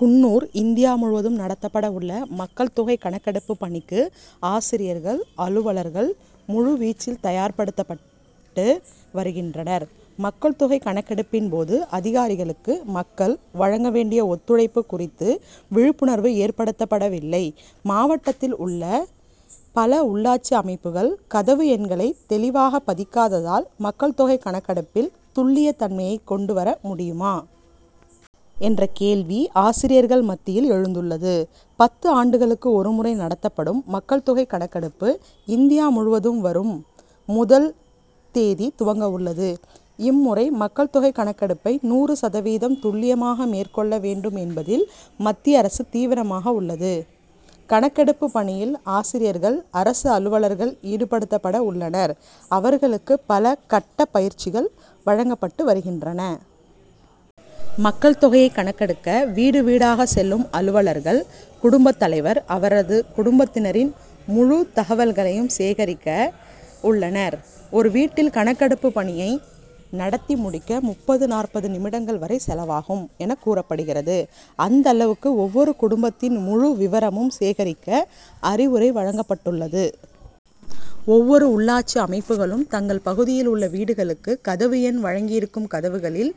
Coonoor India முழுவதும் நடத்தப்பட உள்ள மக்கள் தொகை கணக்கெடுப்பு பணிக்கு, ஆசிரியர்கள், அலுவலர்கள் முழுவீச்சில் தயார்படுத்தப்பட்டு வருகின்றனர் மக்கள் தொகை கணக்கெடுப்பின் போது அதிகாரிகளுக்கு மக்கள் வழங்க வேண்டிய ஒத்துழைப்பு குறித்து விழிப்புணர்வு ஏற்படுத்தப்படவில்லை மாவட்டத்தில் உள்ள பல உள்ளாட்சி அமைப்புகள் கதவு எண்களை தெளிவாக பதிக்காததால், மக்கள் தொகை கணக்கெடுப்பில் துல்லியத் தன்மையை கொண்டு வர முடியுமா? என்ற கேள்வி, ஆசிரியர்கள் மத்தியில் எழுந்துள்ளது. பத்து ஆண்டுகளுக்கு ஒருமுறை நடத்தப்படும் மக்கள் தொகை கணக்கெடுப்பு, இந்தியா முழுவதும் வரும் முதல் தேதி துவங்கவுள்ளது இம்முறை மக்கள் தொகை கணக்கெடுப்பை நூறு சதவீதம் துல்லியமாக மேற்கொள்ள வேண்டும் என்பதில், மத்திய அரசு தீவிரமாக உள்ளது. கணக்கெடுப்பு பணியில் ஆசிரியர்கள், அரசு அலுவலர்கள் ஈடுபடுத்தப்பட உள்ளனர் அவர்களுக்கு பல கட்டப் பயிற்சிகள் வழங்கப்பட்டு வருகின்றன. மக்கள் தொகையை கணக்கெடுக்க வீடு, வீடாக செல்லும் அலுவலர்கள், குடும்பத் தலைவர், அவரது குடும்பத்தினரின் முழு தகவலையும் சேகரிக்க உள்ளனர். ஒரு வீட்டில் கணக்கெடுப்பு பணியை நடத்தி முடிக்க முப்பது நாற்பது நிமிடங்கள் வரை செலவாகும் என கூறப்படுகிறது. அந்தளவுக்கு ஒவ்வொரு குடும்பத்தின் முழு விபரமும் சேகரிக்க அறிவுரை வழங்கப்பட்டுள்ளது. ஒவ்வொரு உள்ளாட்சி அமைப்புகளும், தங்கள் பகுதியில் உள்ள வீடுகளுக்கு கதவு எண் வழங்கியிருக்கும் கதவுகளில்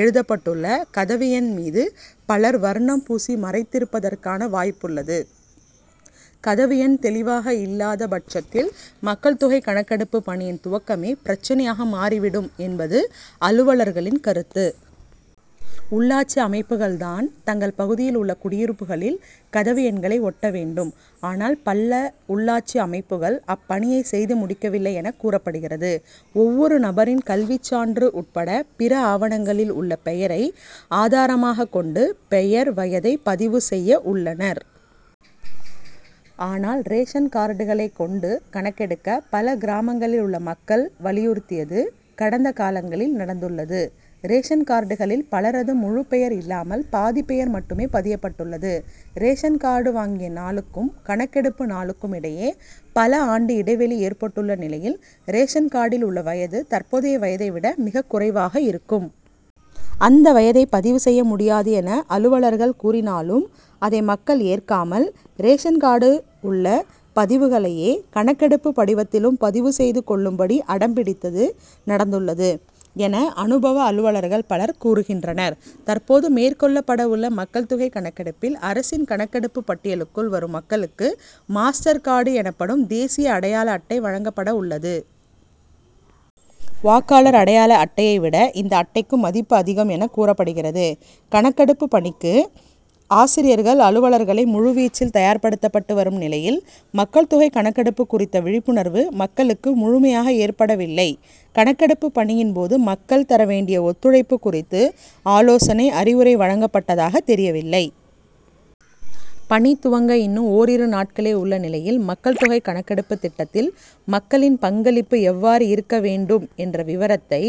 எழுதப்பட்டுள்ள கதவு எண் மீது பலர் வர்ணம் பூசி மறைத்திருப்பதற்கான வாய்ப்புள்ளது கதவு எண் தெளிவாக இல்லாத பட்சத்தில் மக்கள் தொகை கணக்கெடுப்பு பணியின் துவக்கமே பிரச்னையாக மாறிவிடும் என்பது அலுவலர்களின் கருத்து. உள்ளாட்சி அமைப்புகள் தான், தங்கள் பகுதியில் உள்ள குடியிருப்புகளில், கதவு எண்களை ஒட்ட வேண்டும் ஆனால், பல உள்ளாட்சி அமைப்புகள் அப்பணியை செய்து முடிக்கவில்லை என கூறப்படுகிறது. ஒவ்வொரு நபரின் கல்விச்சான்று உட்பட பிற ஆவணங்களில் உள்ள பெயரை ஆதாரமாக கொண்டு பெயர், வயதை பதிவு செய்ய உள்ளனர். ஆனால், ரேஷன் கார்டுகளை கொண்டு கணக்கெடுக்க, பல கிராமங்களில் உள்ள மக்கள் வலியுறுத்தியது, கடந்த காலங்களில் நடந்துள்ளது. ரேஷன் கார்டுகளில் பலரது முழுப் பெயர் இல்லாமல், பாதி பெயர் மட்டுமே பதியப்பட்டுள்ளது ரேஷன் கார்டு வாங்கிய நாளுக்கும், கணக்கெடுப்பு நாளுக்கும் இடையே பல ஆண்டு இடைவெளி ஏற்பட்டுள்ள நிலையில், ரேஷன் கார்டில் உள்ள வயது தற்போதைய வயதை விட மிகக் குறைவாக இருக்கும். அந்த வயதை பதிவு செய்ய முடியாது என அலுவலர்கள் கூறினாலும், அதை மக்கள் ஏற்காமல், ரேஷன் கார்டில் உள்ள பதிவுகளையே, கணக்கெடுப்பு படிவத்திலும் பதிவு செய்து கொள்ளும்படி அடம் பிடித்தது, நடந்துள்ளது' என, அனுபவ அலுவலர்கள் பலர் கூறுகின்றனர். தற்போது மேற்கொள்ளப்பட உள்ள மக்கள் தொகை கணக்கெடுப்பில், அரசின் கணக்கெடுப்பு பட்டியலுக்குள் வரும் மக்களுக்கு மாஸ்டர் கார்டு' எனப்படும் தேசிய அடையாள அட்டை வழங்கப்பட உள்ளது. வாக்காளர் அடையாள அட்டையை விட இந்த அட்டைக்கு மதிப்பு அதிகம் என கூறப்படுகிறது. கணக்கெடுப்பு பணிக்கு ஆசிரியர்கள், அலுவலர்களை முழுவீச்சில் தயார்படுத்தப்பட்டு வரும் நிலையில், மக்கள் தொகை கணக்கெடுப்பு குறித்த விழிப்புணர்வு, மக்களுக்கு முழுமையாக ஏற்படவில்லை கணக்கெடுப்பு பணியின் போது, மக்கள் தர வேண்டிய ஒத்துழைப்பு குறித்து ஆலோசனை, அறிவுரை வழங்கப்பட்டதாக தெரியவில்லை. பணி துவங்க இன்னும் ஒரிரு நாட்களே உள்ள நிலையில், மக்கள் தொகை கணக்கெடுப்பு திட்டத்தில் மக்களின் பங்களிப்பு எவ்வாறு இருக்க வேண்டும்? என்ற விபரத்தை,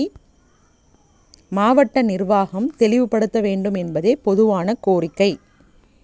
மாவட்ட நிர்வாகம் தெளிவுபடுத்த வேண்டும் என்பதே பொதுவான கோரிக்கை.